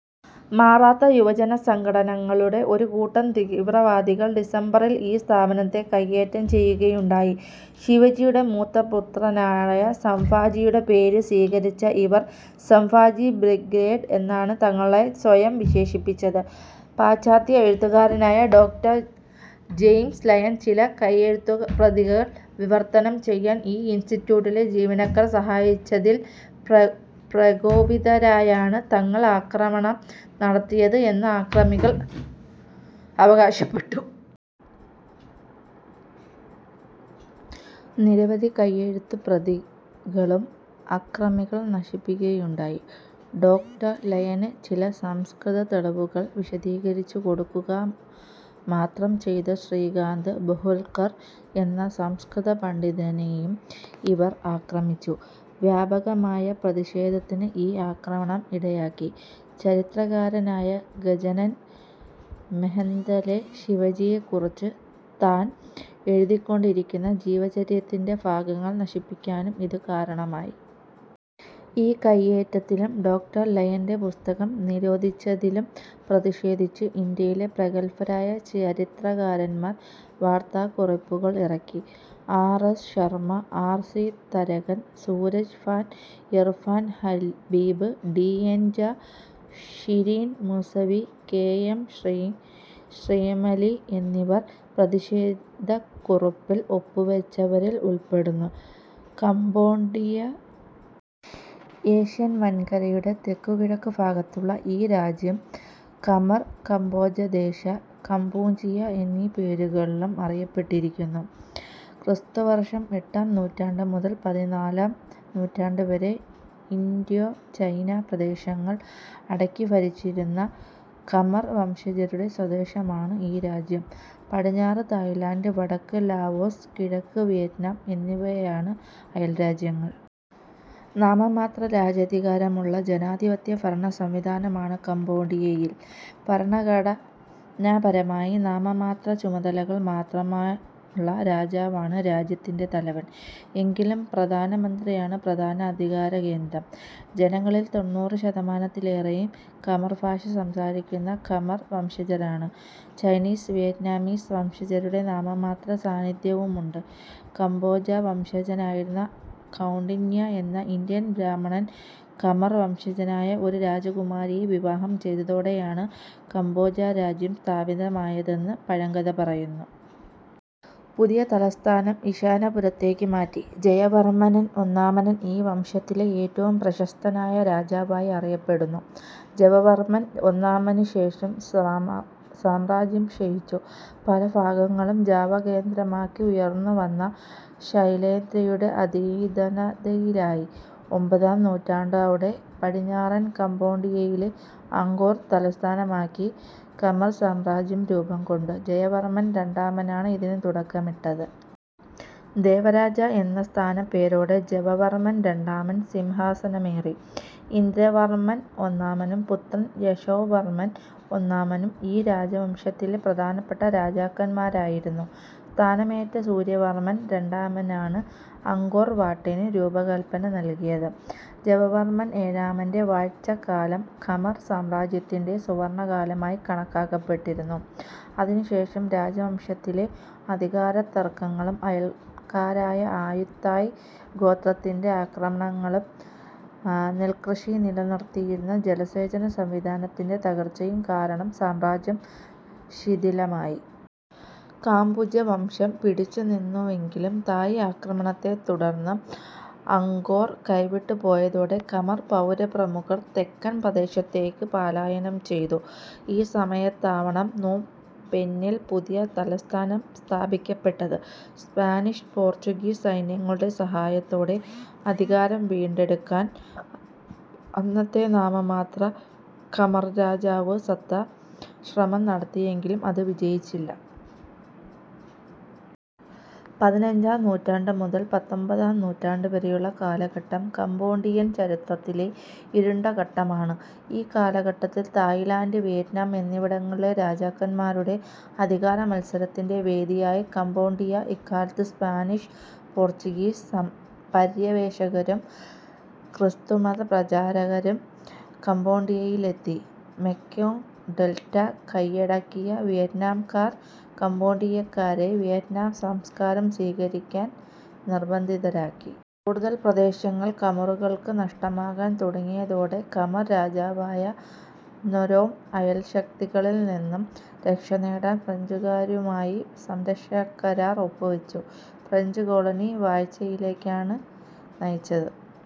മറാത്ത യുവജന സംഘങ്ങളുടെ ഒരു കൂട്ടം തീവ്രവാദികൾ ഡിസംബറിൽ ഈ സ്ഥാപനത്തെ കൈയേറ്റം ചെയ്യുകയുണ്ടായി. ശിവജിയുടെ മൂത്തപുത്രനായ സംഭാജിയുടെ പേര് സ്വീകരിച്ച ഇവർ സംഭാജി ബ്രിഗേഡ് എന്നാണ് തങ്ങളെ സ്വയം വിശേഷിപ്പിച്ചത്. പാശ്ചാത്യ എഴുത്തുകാരനായ ഡോ. ജെയിംസ് ലയൻ ചില കൈയെഴുത്തുപ്രതികൾ വിവർത്തനം ചെയ്യാൻ ഈ ഇൻസ്റ്റിറ്റ്യൂട്ടിലെ ജീവനക്കാർ സഹായിച്ചതിൽ പ്രകോപിതരായാണ് തങ്ങൾ അക്രമണം നടത്തിയത് എന്ന് അക്രമികൾ അവകാശപ്പെട്ടു. നിരവധി കൈയെഴുത്തുപ്രതികളും അക്രമികൾ നശിപ്പിക്കുകയുണ്ടായി. ഡോ. ലയന് ചില സംസ്കൃത തെളിവുകൾ വിശദീകരിച്ചുകൊടുക്കുക മാത്രം ചെയ്ത ശ്രീകാന്ത് ബഹുൽകർ എന്ന സംസ്കൃത പണ്ഡിതനെയും ഇവർ ആക്രമിച്ചു. വ്യാപകമായ പ്രതിഷേധത്തിന് ഈ ആക്രമണം ഇടയാക്കി. ചരിത്രകാരനായ ഗജനൻ മെഹെന്തലെ ശിവജിയെക്കുറിച്ച് താൻ എഴുതിക്കൊണ്ടിരിക്കുന്ന ജീവചരിത്രത്തിൻ്റെ ഭാഗങ്ങൾ നശിപ്പിക്കാനും ഇതു കാരണമായി. ഈ കൈയേറ്റത്തിലും ഡോ. ലയൻ്റെ പുസ്തകം നിരോധിച്ചതിലും പ്രതിഷേധിച്ച് ഇന്ത്യയിലെ പ്രഗത്ഭരായ ചരിത്രകാരന്മാർ വാർത്താക്കുറിപ്പുകൾ ഇറക്കി. R. S. Sharma, R. C. Tharakan, Suraj Bhan, Irfan Habib, D. N. Jha, Shireen Moosvi, K. M. Shrimali എന്നിവർ പ്രതിഷേധക്കുറിപ്പിൽ ഒപ്പുവെച്ചവരിൽ ഉൾപ്പെടുന്നു. കംബോഡിയ ഏഷ്യൻ വൻകരയുടെ തെക്കുകിഴക്കുഭാഗത്തുള്ള ഈ രാജ്യം ഖമർ, കംബോജദേശ, കംപൂച്ചിയ എന്നീ പേരുകളിലും അറിയപ്പെട്ടിരുന്നു. ക്രിസ്തുവർഷം എട്ടാം നൂറ്റാണ്ടുമുതൽ പതിനാലാം നൂറ്റാണ്ടുവരെ ഇന്തോ ചൈന പ്രദേശങ്ങൾ അടക്കിഭരിച്ചിരുന്ന ഖമർ വംശജരുടെ സ്വദേശമാണ് ഈ രാജ്യം. പടിഞ്ഞാറ് തായ്ലൻഡ്, വടക്ക് ലാവോസ്, കിഴക്ക് വിയറ്റ്നാം എന്നിവയാണ് അയൽരാജ്യങ്ങൾ. നാമമാത്ര രാജാധികാരമുള്ള ജനാധിപത്യ ഭരണസംവിധാനമാണ് കംബോഡിയയിൽ. ഭരണഘടനാപരമായി നാമമാത്ര ചുമതലകൾ മാത്രമുള്ള രാജാവാണ് രാജ്യത്തിൻ്റെ തലവൻ. എങ്കിലും പ്രധാനമന്ത്രിയാണ് പ്രധാന അധികാരകേന്ദ്രം. ജനങ്ങളിൽ തൊണ്ണൂറു ശതമാനത്തിലേറെയും ഖമർ ഭാഷ സംസാരിക്കുന്ന ഖമർ വംശജരാണ്. ചൈനീസ്, വിയറ്റ്നാമീസ് വംശജരുടെ നാമമാത്ര സാന്നിധ്യവുമുണ്ട്. കംബോജ വംശജനായിരുന്ന കൗണ്ഡിന്യ എന്ന ഇന്ത്യൻ ബ്രാഹ്മണൻ ഖമർ വംശജയായ ഒരു രാജകുമാരിയെ വിവാഹം ചെയ്തതോടെയാണ് കംബോജ രാജ്യം സ്ഥാപിതമായതെന്ന് പഴങ്കഥ പറയുന്നു. പുതിയ തലസ്ഥാനം ഇശാനപുരത്തേക്ക് മാറ്റി. ജയവർമ്മൻ ഒന്നാമൻ ഈ വംശത്തിലെ ഏറ്റവും പ്രശസ്തനായ രാജാവായി അറിയപ്പെടുന്നു. ജയവർമ്മൻ ഒന്നാമനുശേഷം സാമ്രാജ്യം ക്ഷയിച്ചു. പല ഭാഗങ്ങളും ജാവ കേന്ദ്രമാക്കി ഉയർന്നുവന്ന ശൈലേന്ദ്രരുടെ അധീനതയിലായി. ഒമ്പതാം നൂറ്റാണ്ടോടെ പടിഞ്ഞാറൻ കംബോഡിയയിലെ അങ്കോർ തലസ്ഥാനമാക്കി ഖമർ സാമ്രാജ്യം രൂപംകൊണ്ടു. ജയവർമ്മൻ രണ്ടാമനാണ് ഇതിന് തുടക്കമിട്ടത്. ദേവരാജ എന്ന സ്ഥാനപ്പേരോടെ ജയവർമ്മൻ രണ്ടാമൻ സിംഹാസനമേറി. ഇന്ദ്രവർമ്മൻ ഒന്നാമനും പുത്രൻ യശോവർമ്മൻ ഒന്നാമനും ഈ രാജവംശത്തിലെ പ്രധാനപ്പെട്ട രാജാക്കന്മാരായിരുന്നു. സ്ഥാനമേറ്റ സൂര്യവർമ്മൻ രണ്ടാമനാണ് അങ്കോർ വാട്ടിന് രൂപകൽപ്പന നൽകിയത്. ജയവർമ്മൻ ഏഴാമൻ്റെ വാഴ്ചക്കാലം ഖമർ സാമ്രാജ്യത്തിൻ്റെ സുവർണകാലമായി കണക്കാക്കപ്പെടുന്നു. അതിനുശേഷം രാജവംശത്തിലെ അധികാരത്തർക്കങ്ങളും അയൽക്കാരായ ആയുത്തായ് ഗോത്രത്തിൻ്റെ ആക്രമണങ്ങളും നെൽകൃഷി നിലനിർത്തിയിരുന്ന ജലസേചന സംവിധാനത്തിൻ്റെ തകർച്ചയും കാരണം സാമ്രാജ്യം ശിഥിലമായി. കാംബുജവംശം പിടിച്ചുനിന്നുവെങ്കിലും തായ് ആക്രമണത്തെ തുടർന്ന് അങ്കോർ കൈവിട്ടുപോയതോടെ ഖമർ പൗരപ്രമുഖർ തെക്കൻ പ്രദേശത്തേക്ക് പലായനം ചെയ്തു. ഈ സമയത്താവണം നോം പെന്നിൽ പുതിയ തലസ്ഥാനം സ്ഥാപിക്കപ്പെട്ടത്. സ്പാനിഷ് പോർച്ചുഗീസ് സൈന്യങ്ങളുടെ സഹായത്തോടെ അധികാരം വീണ്ടെടുക്കാൻ അന്നത്തെ നാമമാത്ര ഖമർരാജാവ് സത്ത ശ്രമം നടത്തിയെങ്കിലും അത് വിജയിച്ചില്ല. പതിനഞ്ചാം നൂറ്റാണ്ടുമുതൽ പത്തൊമ്പതാം നൂറ്റാണ്ടുവരെയുള്ള കാലഘട്ടം കംബോഡിയൻ ചരിത്രത്തിലെ ഇരുണ്ട ഘട്ടമാണ്. ഈ കാലഘട്ടത്തിൽ തായ്ലൻഡ്, വിയറ്റ്നാം എന്നിവിടങ്ങളിലെ രാജാക്കന്മാരുടെ അധികാരമത്സരത്തിൻ്റെ വേദിയായി കംബോഡിയ. ഇക്കാലത്ത് സ്പാനിഷ്, പോർച്ചുഗീസ് പര്യവേക്ഷകരും ക്രിസ്തുമത പ്രചാരകരും കംബോഡിയയിലെത്തി. മെക്കോങ് ഡെൽറ്റ കൈയടക്കിയ വിയറ്റ്നാംകാർ കംബോഡിയക്കാരെ വിയറ്റ്നാം സംസ്കാരം സ്വീകരിക്കാൻ നിർബന്ധിതരാക്കി. കൂടുതൽ പ്രദേശങ്ങൾ ഖമറുകൾക്ക് നഷ്ടമാകാൻ തുടങ്ങിയതോടെ ഖമർ രാജാവായ നൊരോദം അയൽശക്തികളിൽ നിന്ന് രക്ഷനേടാൻ ഫ്രഞ്ചുകാരുമായി സംരക്ഷണക്കരാർ ഒപ്പുവെച്ചു. ഫ്രഞ്ച് കോളനി വാഴ്ചയിലേക്കാണ് ഇത് നയിച്ചത്.